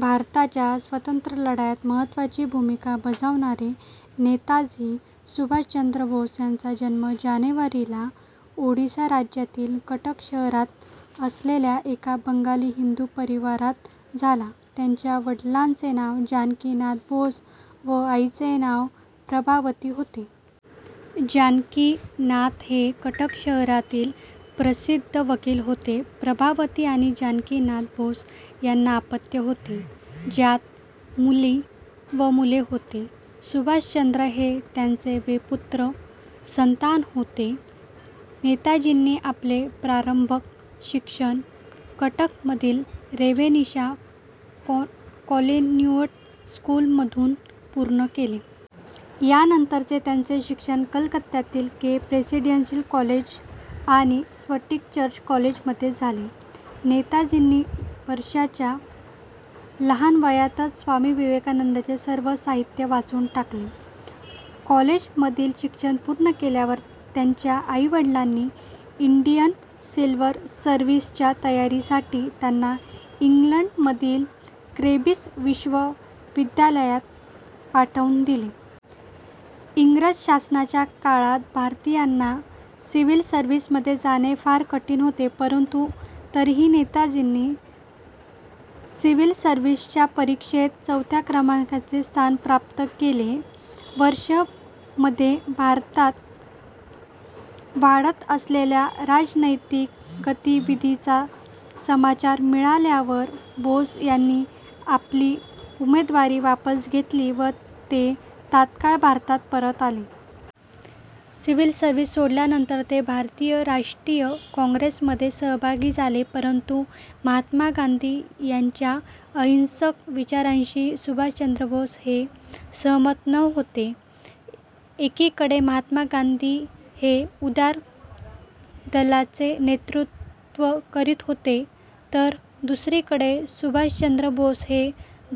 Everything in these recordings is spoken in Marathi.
भारताच्या स्वतंत्र लढ्यात महत्त्वाची भूमिका बजावणारे नेताजी सुभाष चंद्र बोस यांचा जन्म जानेवारी ला ओडिसा राज्यातील कटक शहरात असलेल्या एका बंगाली हिंदू परिवारात झाला. त्यांच्या वडिलांचे नाव 'जानकी नाथ बोस' व आईचे नाव 'प्रभावती' होते. जानकी नाथ हे कटक शहरातील प्रसिद्ध वकील होते. प्रभावती आणि जानकी नाथ बोस यांना अपत्य होती. ज्यात मुली व मुले होते. सुभाष चंद्र हे त्यांचे वे पुत्र संतान होते. नेताजींनी आपले प्रारंभिक शिक्षण कटक मधील रेवेनशा कॉलेजियेट स्कूल मधून पूर्ण केले. त्या नंतरचे त्यांचे शिक्षण कलकत्यातील के प्रेजिडेंसी कॉलेज आणि स्कॉटिश चर्च कॉलेज मध्ये झाले. नेताजींनी वर्षाच्या लहान वयातच स्वामी विवेकानंदांचे सर्व साहित्य वाचून टाकले. कॉलेज मधील शिक्षण पूर्ण केल्यावर त्यांच्या आई वडिलांनी, इंडियन सिव्हिल सर्व्हिस च्या तयारी साठी त्यांना इंग्लंड मधील केब्रिज विश्व विद्यालयात पाठून दिले. इंग्रज शासनाच्या काळात भारतीयांना सिव्हिल सर्व्हिस मध्ये जाणे फार कठीण होते परंतु तरीही नेताजींनी सिव्हिल सर्व्हिस च्या परीक्षेत चौथ्या क्रमांकाचे स्थान प्राप्त केले. वर्ष मध्ये भारतात वाढत असलेल्या राजनैतिक गतिविधिंचा समाचार मिळाल्यावर बोस यांनी आपली उमेदवारी वापस घेतली व ते तत्काळ भारतात परत आले. सिव्हिल सर्व्हिस सोडल्यानंतर ते भारतीय राष्ट्रीय काँग्रेस मध्ये सहभागी झाले. परंतु महात्मा गांधी यांच्या अहिंसक विचाराशी सुभाष चंद्र बोस हे सहमत न होते. एकीकडे महात्मा गांधी हे उदार दलाचे नेतृत्व करत होते तर दुसरी कडे सुभाष चंद्र बोस हे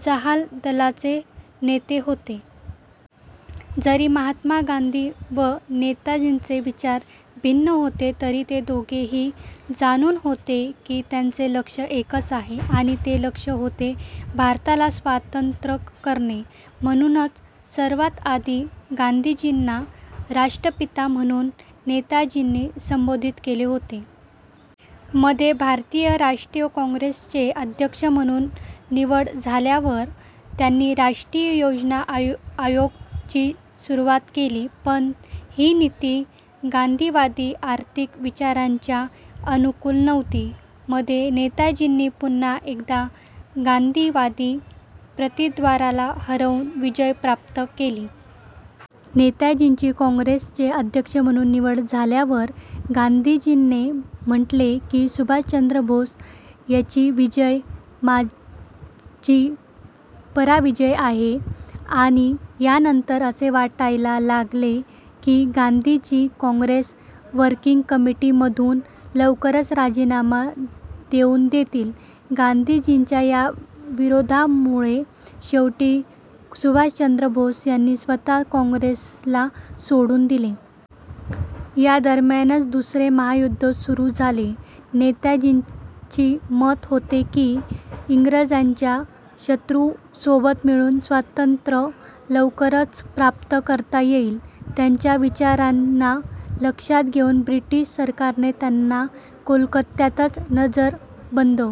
जहाल दलाचे नेते होते. जरी महात्मा गांधी व नेताजींचे विचार भिन्न होते तरी ते दोघे ही जाणून होते की त्यांचे लक्ष एकच आहे आणि ते लक्ष होते भारताला स्वातंत्र्य करणे. म्हणूनच सर्वात आधी गांधीजीना राष्ट्रपिता म्हणून नेताजींनी संबोधित केले होते. मध्ये भारतीय राष्ट्रीय काँग्रेस चे अध्यक्ष म्हणून निवड झाल्यावर त्यांनी राष्ट्रीय योजना आयोग ची सुरुवात केली. पण ही नीती गांधीवादी आर्थिक विचारांच्या अनुकूल नव्हती. मध्ये नेताजींनी पुन्हा एकदा गांधीवादी प्रतिद्वंद्वीला हरवून विजय प्राप्त केली. नेताजींची काँग्रेसचे अध्यक्ष म्हणून निवड झाल्यावर, गांधीजींने म्हटले की सुभाष चंद्र बोस यांची विजय माझी पराजय आहे आणि यानंतर असे वाटायला लागले की गांधीजी काँग्रेस वर्किंग कमिटी मधून लवकरच राजीनामा देऊन देतील. गांधीजींच्या या विरोधामुळे शेवटी सुभाषचंद्र बोस यांनी स्वतः काँग्रेसला सोडून दिले. यादरम्यानच दुसरे महायुद्ध सुरू झाले. नेताजींची मत होते की इंग्रजांच्या शत्रु सोबत मिळून स्वातंत्र्य लवकरच प्राप्त करता येईल. त्यांच्या विचारांना लक्षात घेऊन ब्रिटिश सरकारने त्यांना कोलकत्यात नजर बंद